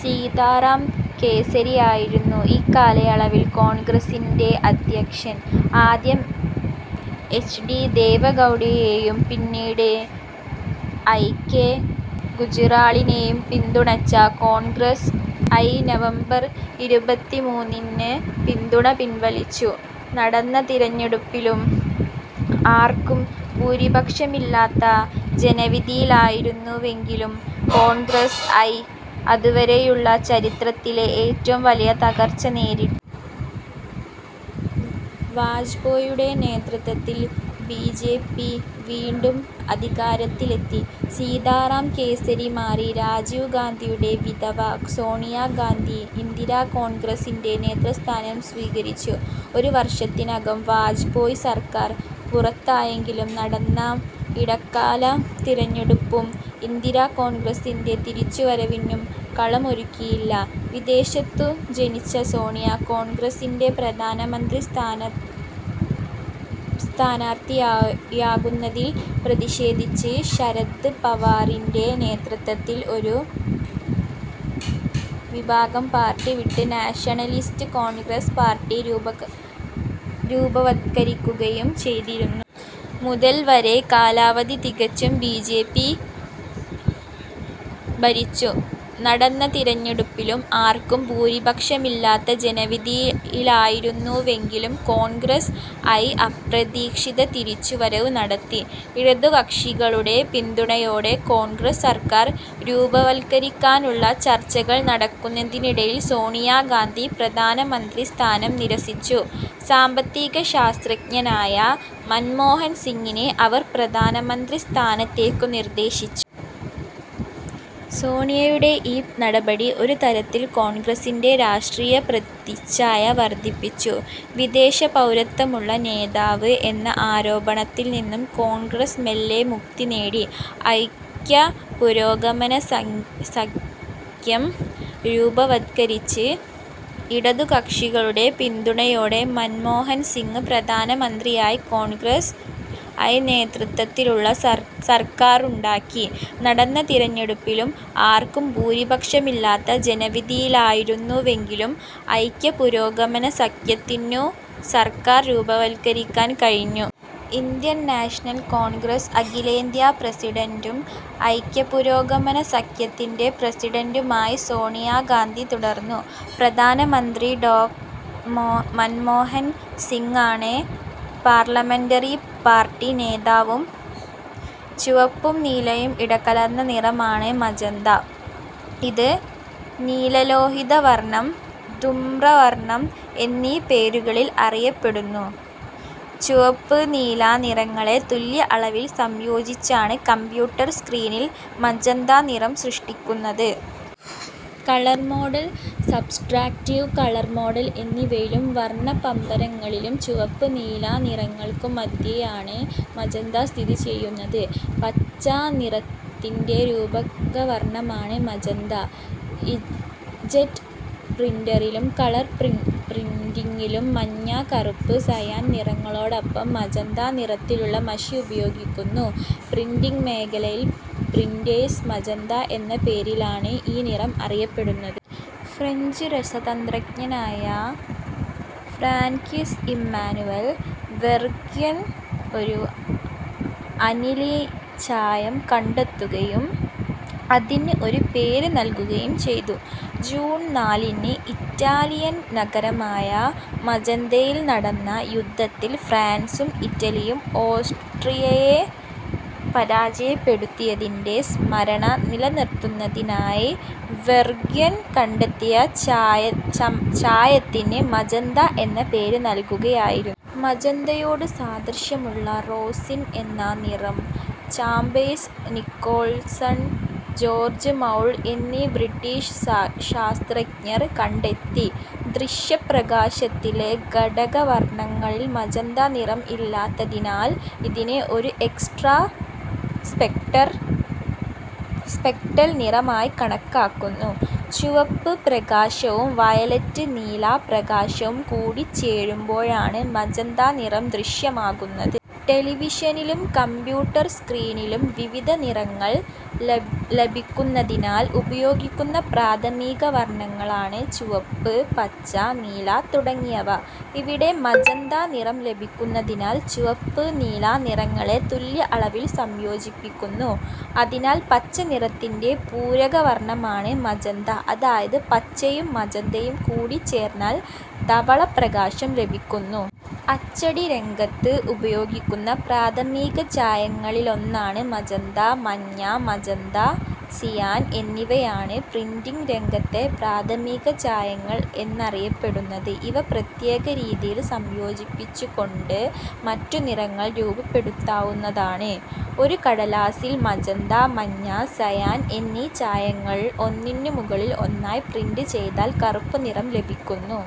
സീതാറാം കേസരിയായിരുന്നു ഇക്കാലയളവിൽ കോൺഗ്രസിൻ്റെ അധ്യക്ഷൻ. ആദ്യം എച്ച്. ഡി. ദേവഗൗഡയെയും പിന്നീട് ഐ. കെ. ഗുജ്റാളിനെയും പിന്തുണച്ച കോൺഗ്രസ് ഐ നവംബർ ഇരുപത്തിമൂന്നിന് പിന്തുണ പിൻവലിച്ചു. നടന്ന തിരഞ്ഞെടുപ്പിലും ആർക്കും ഭൂരിപക്ഷമില്ലാത്ത ജനവിധിയായിരുന്നുവെങ്കിലും കോൺഗ്രസ് ഐ അതുവരെയുള്ള ചരിത്രത്തിലെ ഏറ്റവും വലിയ തകർച്ച നേരിട്ടു. വാജ്പേയിയുടെ നേതൃത്വത്തിൽ ബി. ജെ. പി. വീണ്ടും അധികാരത്തിലെത്തി. സീതാറാം കേസരി മാറി രാജീവ് ഗാന്ധിയുടെ വിധവ സോണിയാ ഗാന്ധി ഇന്ദിരാ കോൺഗ്രസിൻ്റെ നേതൃസ്ഥാനം സ്വീകരിച്ചു. ഒരു വർഷത്തിനകം വാജ്പേയി സർക്കാർ പുറത്തായെങ്കിലും നടന്ന ഇടക്കാല തിരഞ്ഞെടുപ്പും ഇന്ദിരാ കോൺഗ്രസിൻ്റെ തിരിച്ചുവരവിനു കളമൊരുക്കിയില്ല. വിദേശത്തു ജനിച്ച സോണിയ കോൺഗ്രസിൻ്റെ പ്രധാനമന്ത്രിസ്ഥാനാർത്ഥിയാകുന്നതിൽ പ്രതിഷേധിച്ച് ശരദ് പവാറിൻ്റെ നേതൃത്വത്തിൽ ഒരു വിഭാഗം പാർട്ടി വിട്ട് നാഷണലിസ്റ്റ് കോൺഗ്രസ് പാർട്ടി രൂപവത്കരിക്കുകയും ചെയ്തിരുന്നു. മുതൽ വരെ കാലാവധി തികച്ചു ബി. ജെ. പി. ഭരിച്ചു. നടന്ന തിരഞ്ഞെടുപ്പിലും ആർക്കും ഭൂരിപക്ഷമില്ലാത്ത ജനവിധിയായിരുന്നുവെങ്കിലും കോൺഗ്രസ് ഐ അപ്രതീക്ഷിത തിരിച്ചുവരവ് നടത്തി. ഇടതുകക്ഷികളുടെ പിന്തുണയോടെ കോൺഗ്രസ് സർക്കാർ രൂപവത്കരിക്കാനുള്ള ചർച്ചകൾ നടക്കുന്നതിനിടയിൽ സോണിയാ ഗാന്ധി പ്രധാനമന്ത്രി സ്ഥാനം നിരസിച്ചു. സാമ്പത്തികശാസ്ത്രജ്ഞനായ മൻമോഹൻ സിങ്ങിനെ അവർ പ്രധാനമന്ത്രി സ്ഥാനത്തേക്കു നിർദ്ദേശിച്ചു. സോണിയയുടെ ഈ നടപടി ഒരുതരത്തിൽ കോൺഗ്രസിൻ്റെ രാഷ്ട്രീയ പ്രതിച്ഛായ വർധിപ്പിച്ചു. വിദേശപൗരത്വമുള്ള നേതാവ് എന്ന ആരോപണത്തിൽനിന്നും കോൺഗ്രസ് മെല്ലെ മുക്തിനേടി. ഐക്യ പുരോഗമന സഖ്യം രൂപവത്കരിച്ച് ഇടതുകക്ഷികളുടെ പിന്തുണയോടെ മൻമോഹൻ സിങ് പ്രധാനമന്ത്രിയായി കോൺഗ്രസ് ഐ നേതൃത്വത്തിലുള്ള സർക്കാരുണ്ടാക്കി. നടന്ന തിരഞ്ഞെടുപ്പിലും ആർക്കും ഭൂരിപക്ഷമില്ലാത്ത ജനവിധിയായിരുന്നുവെങ്കിലും ഐക്യ പുരോഗമന സഖ്യത്തിനു സർക്കാർ രൂപവത്കരിക്കാൻ കഴിഞ്ഞു. ഇന്ത്യൻ നാഷണൽ കോൺഗ്രസ് അഖിലേന്ത്യാ പ്രസിഡന്റും ഐക്യ പുരോഗമന സഖ്യത്തിൻ്റെ പ്രസിഡന്റുമായി സോണിയാ ഗാന്ധി തുടരുന്നു. പ്രധാനമന്ത്രി ഡോ. മൻമോഹൻ സിങ്ങാണ് പാർലമെന്ററി പാർട്ടി നേതാവും. ചുവപ്പും നീലയും ഇടകലർന്ന നിറമാണ് മജന്ത. ഇത് നീലലോഹിത വർണം, ധൂമ്രവർണം എന്നീ പേരുകളിലും അറിയപ്പെടുന്നു. ചുവപ്പ്, നീല നിറങ്ങളെ തുല്യ അളവിൽ സംയോജിപ്പിച്ചാണ് കമ്പ്യൂട്ടർ സ്ക്രീനിൽ മജന്ത നിറം സൃഷ്ടിക്കുന്നത്. Colour model, subtractive colour model എന്നിവയിലും വർണപ്പമ്പരങ്ങളിലും ചുവപ്പ്, നീല നിറങ്ങൾക്കു മധ്യേയാണ് മജന്ത സ്ഥിതിചെയ്യുന്നത്. പച്ച നിറത്തിൻ്റെ പൂരകവർണമാണ് മജന്ത. ഇങ്ക്ജെറ്റ് പ്രിന്ററിലും കളർ പ്രിന്റിങ്ങിലും മഞ്ഞ, കറുപ്പ്, സയാൻ നിറങ്ങളോടൊപ്പം മജന്ത നിറത്തിലുള്ള മഷി ഉപയോഗിക്കുന്നു. പ്രിന്റിങ് മേഖലയിൽ പ്രിന്റേഴ്സ് മജന്ത എന്ന പേരിലാണ് ഈ നിറം അറിയപ്പെടുന്നത്. ഫ്രഞ്ച് രസതന്ത്രജ്ഞനായ ഫ്രാൻക്വസ് ഇമ്മാനുവൽ വെർഗ്വിൻ ഒരു അനിലിൻ ചായം കണ്ടെത്തുകയും അതിന് ഒരു പേര് നൽകുകയും ചെയ്തു. ജൂൺ നാലിന് ഇറ്റാലിയൻ നഗരമായ മജന്തയിൽ നടന്ന യുദ്ധത്തിൽ ഫ്രാൻസും ഇറ്റലിയും ഓസ്ട്രിയയെ പരാജയപ്പെടുത്തിയതിൻ്റെ സ്മരണ നിലനിർത്തുന്നതിനായി വെർഗ്വിൻ കണ്ടെത്തിയ ചായത്തിന് മജന്ത എന്ന പേര് നൽകുകയായിരുന്നു. മജന്തയോടു സാദൃശ്യമുള്ള റോസിൻ എന്ന നിറം ചേമ്പേഴ്സ് നിക്കോൾസൺ, ജോർജ്ജ് മൗൾ എന്നീ ബ്രിട്ടീഷ് ശാസ്ത്രജ്ഞർ കണ്ടെത്തി. ദൃശ്യപ്രകാശത്തിലെ ഘടകവർണങ്ങളിൽ മജന്ത നിറം ഇല്ലാത്തതിനാൽ ഇതിനെ ഒരു എക്സ്ട്രാ സ്പെക്ട്രൽ നിറമായി കണക്കാക്കുന്നു. ചുവപ്പ് പ്രകാശവും വയലറ്റ് നീല പ്രകാശവും കൂടിച്ചേരുമ്പോഴാണ് മജന്ത നിറം ദൃശ്യമാകുന്നത്. ടെലിവിഷനിലും കമ്പ്യൂട്ടർ സ്ക്രീനിലും വിവിധ നിറങ്ങൾ ലഭിക്കുന്നതിനായി ഉപയോഗിക്കുന്ന പ്രാഥമിക വർണങ്ങളാണ് ചുവപ്പ്, പച്ച, നീല തുടങ്ങിയവ. ഇവിടെ മജന്ത നിറം ലഭിക്കുന്നതിനായി ചുവപ്പ്, നീല നിറങ്ങളെ തുല്യ അളവിൽ സംയോജിപ്പിക്കുന്നു. അതിനാൽ പച്ചനിറത്തിൻ്റെ പൂരകവർണമാണ് മജന്ത. അതായത് പച്ചയും മജന്തയും കൂടിച്ചേർന്നാൽ ധവളപ്രകാശം ലഭിക്കുന്നു. അച്ചടിരംഗത്ത് ഉപയോഗിക്കുന്ന പ്രാഥമിക ചായങ്ങളിലൊന്നാണ് മജന്ത. മഞ്ഞ, മജന്ത, സിയാൻ എന്നിവയാണ് പ്രിന്റിങ് രംഗത്തെ പ്രാഥമിക ചായങ്ങൾ എന്നറിയപ്പെടുന്നത്. ഇവ പ്രത്യേക രീതിയിൽ സംയോജിപ്പിച്ചുകൊണ്ട് മറ്റു നിറങ്ങൾ രൂപപ്പെടുത്താവുന്നതാണ്. ഒരു കടലാസിൽ മജന്ത, മഞ്ഞ, സയാൻ എന്നീ ചായങ്ങൾ ഒന്നിനുമുകളിൽ ഒന്നായി പ്രിന്റ് ചെയ്താൽ കറുപ്പ് നിറം ലഭിക്കുന്നു.